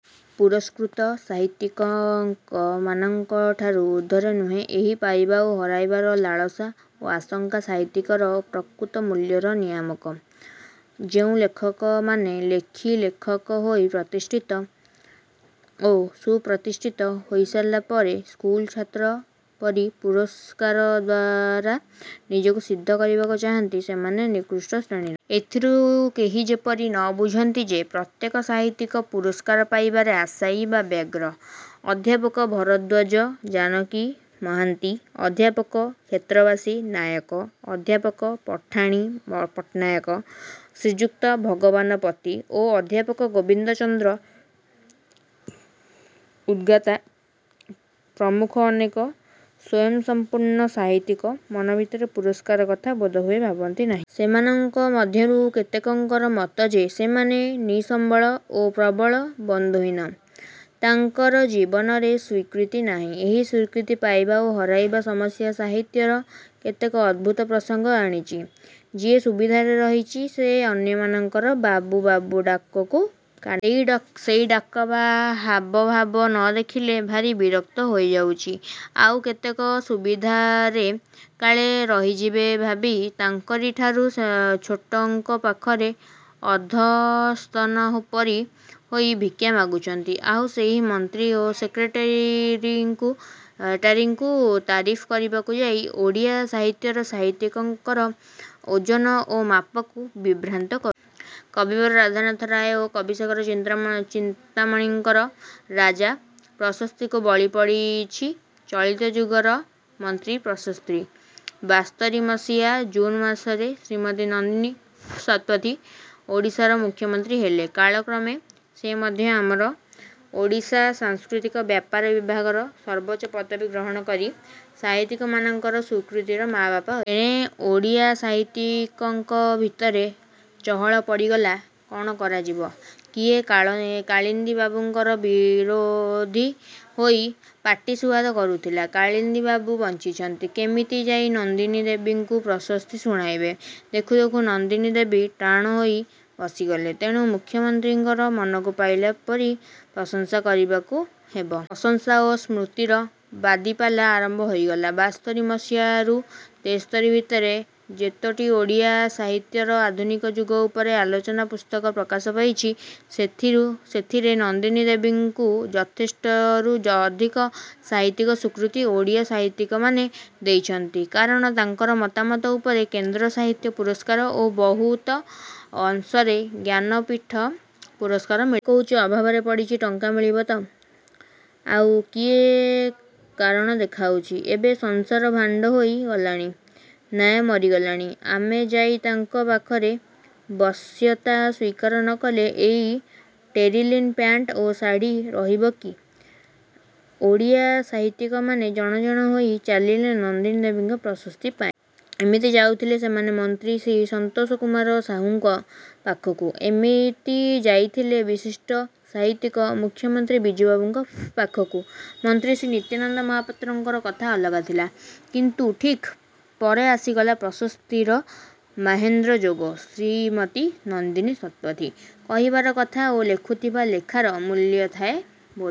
ପୁରସ୍କୃତ ସାହିତ୍ୟିକମାନଙ୍କଠାରୁ ଉର୍ଦ୍ଧ୍ୱରେ ନୁହେଁ। ଏହି ପାଇବା ଓ ହରାଇବାର ଲାଳସା ଓ ଆଶଙ୍କା ସାହିତ୍ୟିକର ପ୍ରକୃତ ମୂଲ୍ୟର ନିୟାମକ। ଯେଉଁ ଲେଖକମାନେ ଲେଖି ଲେଖକ ହୋଇ ପ୍ରତିଷ୍ଠିତ ଓ ସୁପ୍ରତିଷ୍ଠିତ ହୋଇ ସାରିଲା ପରେ ସ୍କୁଲ ଛାତ୍ର ପରି ପୁରସ୍କାର ଦ୍ୱାରା ନିଜକୁ ସିଦ୍ଧ କରିବାକୁ ଚାହାନ୍ତି ସେମାନେ ନିକୃଷ୍ଟ ଶ୍ରେଣୀର-। ଏଥିରୁ କେହି ଯେପରି ନ ବୁଝନ୍ତି ଯେ ପ୍ରତ୍ୟେକ ସାହିତ୍ୟିକ ପୁରସ୍କାର ପାଇବାରେ ଆଶାୟୀ ବା ବ୍ୟଗ୍ର। ଅଧ୍ୟାପକ ଭରଦ୍ୱାଜ ଜାନକୀ ମହାନ୍ତି, ଅଧ୍ୟାପକ କ୍ଷେତ୍ରବାସୀ ନାୟକ, ଅଧ୍ୟାପକ ପଠାଣି ପଟ୍ଟନାୟକ, ଶ୍ରୀଯୁକ୍ତ ଭଗବାନ ପତି ଓ ଅଧ୍ୟାପକ ଗୋବିନ୍ଦ ଚନ୍ଦ୍ର ଉଦ୍ଗାତା ପ୍ରମୁଖ ଅନେକ ସ୍ୱୟଂସମ୍ପୂର୍ଣ୍ଣ ସାହିତ୍ୟିକ ମନଭିତରେ ପୁରସ୍କାର କଥା ବୋଧହୁଏ ଭାବନ୍ତି ନାହିଁ। ସେମାନଙ୍କ ମଧ୍ୟରୁ କେତେକଙ୍କର ମତ ଯେ ସେମାନେ ନିସମ୍ୱଳ ଓ ପ୍ରବଳ ବନ୍ଧୁହୀନ। ତାଙ୍କର ଜୀବନରେ ସ୍ୱୀକୃତି ନାହିଁ। ଏହି ସ୍ୱୀକୃତି ପାଇବା ଓ ହରାଇବା ସମସ୍ୟା ସାହିତ୍ୟରେ କେତେକ ଅଦ୍ଭୁତ ପ୍ରସଙ୍ଗ ଆଣିଛି। ଯିଏ ସୁବିଧାରେ ରହିଛି ସେ ଅନ୍ୟମାନଙ୍କର ବାବୁ–ବାବୁ–ଡାକକୁ କାନ ଡେରିଛି। ସେହି ଡାକ ବା ହାବଭାବ ନ ଦେଖିଲେ ଭାରି ବିରକ୍ତ ହୋଇଯାଉଛି। ଆଉ କେତେକ ସୁବିଧାରେ କାଳେ ରହିଯିବେ ଭାବି ତାଙ୍କରିଠାରୁ ଛୋଟଙ୍କ ପାଖରେ ଅଧସ୍ତନ ପରି ହୋଇ ଭିକ୍ଷା ମାଗୁଛନ୍ତି। ଆଉ ସେହି ମନ୍ତ୍ରୀ ଓ ସେକ୍ରେଟାରୀଙ୍କୁ ତାରିଫ୍ କରିବାକୁ ଯାଇ ଓଡ଼ିଆ ସାହିତ୍ୟର ସାହିତ୍ୟିକର ଓଜନ ଓ ମାପକୁ ବିଭ୍ରାନ୍ତ କରୁଛନ୍ତି। କବିବର ରାଧାନାଥ ଓ କବିଶେଖର ଚିନ୍ତାମଣିଙ୍କର ରାଜା–ପ୍ରଶସ୍ତିକୁ ବଳି ପଡ଼ିଛି ଚଳିତ ଯୁଗର ମନ୍ତ୍ରୀ–ପ୍ରଶସ୍ତି। ବାସ୍ତରୀ ମସିହା ଜୁନ୍ ମାସରେ ଶ୍ରୀମତୀ ନନ୍ଦିନୀ ଶତପଥୀ ଓଡ଼ିଶାର ମୁଖ୍ୟମନ୍ତ୍ରୀ ହେଲେ। କାଳକ୍ରମେ ସେ ମଧ୍ୟ ଆମର ଓଡ଼ିଶା ସାଂସ୍କୃତିକ ବ୍ୟାପାର ବିଭାଗର ସର୍ବୋଚ୍ଚ ପଦବୀ ଗ୍ରହଣ କରି ସାହିତ୍ୟିକମାନଙ୍କର ସ୍ୱୀକୃତିର ମାଆବାପା ହୋଇଗଲେ। ଏଣେ ଓଡ଼ିଆ ସାହିତ୍ୟିକଙ୍କ ଭିତରେ ଚହଳ ପଡ଼ିଗଲା–କ'ଣ କରାଯିବ? କିଏ କାଳିନ୍ଦୀ ବାବୁଙ୍କର ବିରୋଧି ହୋଇ ପାଟିସୁଆଦ କରୁଥିଲା। କାଳିନ୍ଦୀବାବୁ ବଞ୍ଚିଛନ୍ତି। କେମିତି ଯାଇ ନନ୍ଦିନୀ ଦେବୀଙ୍କୁ ପ୍ରଶସ୍ତି ଶୁଣାଇବେ? ଦେଖୁ ଦେଖୁ ନନ୍ଦିନୀ ଦେବୀ ଟାଣ ହୋଇ ବସିଗଲେ। ତେଣୁ ମୁଖ୍ୟମନ୍ତ୍ରୀଙ୍କର ମନକୁ ପାଇଲା ପରି ପ୍ରଶଂସା କରିବାକୁ ହେବ। ପ୍ରଶଂସା ଓ ସ୍ତୁତିର ବାଦିପାଲା ଆରମ୍ଭ ହୋଇଗଲା। ବାସ୍ତରୀ ମସିହାରୁ ତେସ୍ତରୀ ଭିତରେ ଯେତୋଟି ଓଡ଼ିଆ ସାହିତ୍ୟର ଆଧୁନିକ ଯୁଗ ଉପରେ ଆଲୋଚନା ପୁସ୍ତକ ପ୍ରକାଶ ପାଇଛି ସେଥିରେ ନନ୍ଦିନୀ ଦେବୀଙ୍କୁ ଯଥେଷ୍ଟରୁ ଅଧିକ ସାହିତ୍ୟିକ ସ୍ୱୀକୃତି ଓଡ଼ିଆ ସାହିତ୍ୟିକମାନେ ଦେଇଛନ୍ତି। କାରଣ ତାଙ୍କର ମତାମତ ଉପରେ କେନ୍ଦ୍ର ସାହିତ୍ୟ ପୁରସ୍କାର ଓ ବହୁତ ଅଂଶରେ ଜ୍ଞାନପୀଠ ପୁରସ୍କାର ମିଳି ପାରିବ। କିଏ କହୁଛି–ଅଭାବରେ ପଡ଼ିଛି ଟଙ୍କା ମିଳିବ ତ। ଆଉ କିଏ କାରଣ ଦେଖାଉଛି–ଏବେ ସଂସାର ଭାଣ୍ତ ହୋଇ ଗଲାଣି। ନ୍ୟାୟ ମରିଗଲାଣି। ଆମେ ଯାଇ ତାଙ୍କ ପାଖରେ ବଶ୍ୟତା ସ୍ୱୀକାର ନ କଲେ ଏଇ ଟେରିଲିନ ପ୍ୟାଣ୍ଟ ଓ ଶାଢ଼ୀ ରହିବ କି? ଓଡ଼ିଆ ସାହିତ୍ୟିକମାନେ ଜଣ ଜଣ ହୋଇ ଚାଲିଲେ ନନ୍ଦିନୀ ଦେବୀଙ୍କର ପ୍ରଶସ୍ତି ପାଇଁ-। ଏମିତି ଯାଉଥିଲେ ସେମାନେ ମନ୍ତ୍ରୀ ଶ୍ରୀ ସନ୍ତୋଷ କୁମାର ସାହୁଙ୍କ ପାଖକୁ। ଏମିତି ଯାଇଥିଲେ ବିଶିଷ୍ଟ ସାହିତ୍ୟିକ ମୁଖ୍ୟମନ୍ତ୍ରୀ ବିଜୁବାବୁଙ୍କ ପାଖକୁ। ମନ୍ତ୍ରୀ ଶ୍ରୀ ନିତ୍ୟାନନ୍ଦ ମହାପାତ୍ରଙ୍କ କଥା ଅଲଗା ଥିଲା। କିନ୍ତୁ ଠିକ୍ ପରେ ଆସିଗଲା ପ୍ରଶସ୍ତିର ମାହେନ୍ଦ୍ର ଯୋଗ–ଶ୍ରୀମତୀ ନନ୍ଦିନୀ ଶତପଥୀ-। କହିବାର କଥା ଓ ଲେଖିଥିବା ଲେଖାର ମୂଲ୍ୟ ଥାଏ ବୋଲି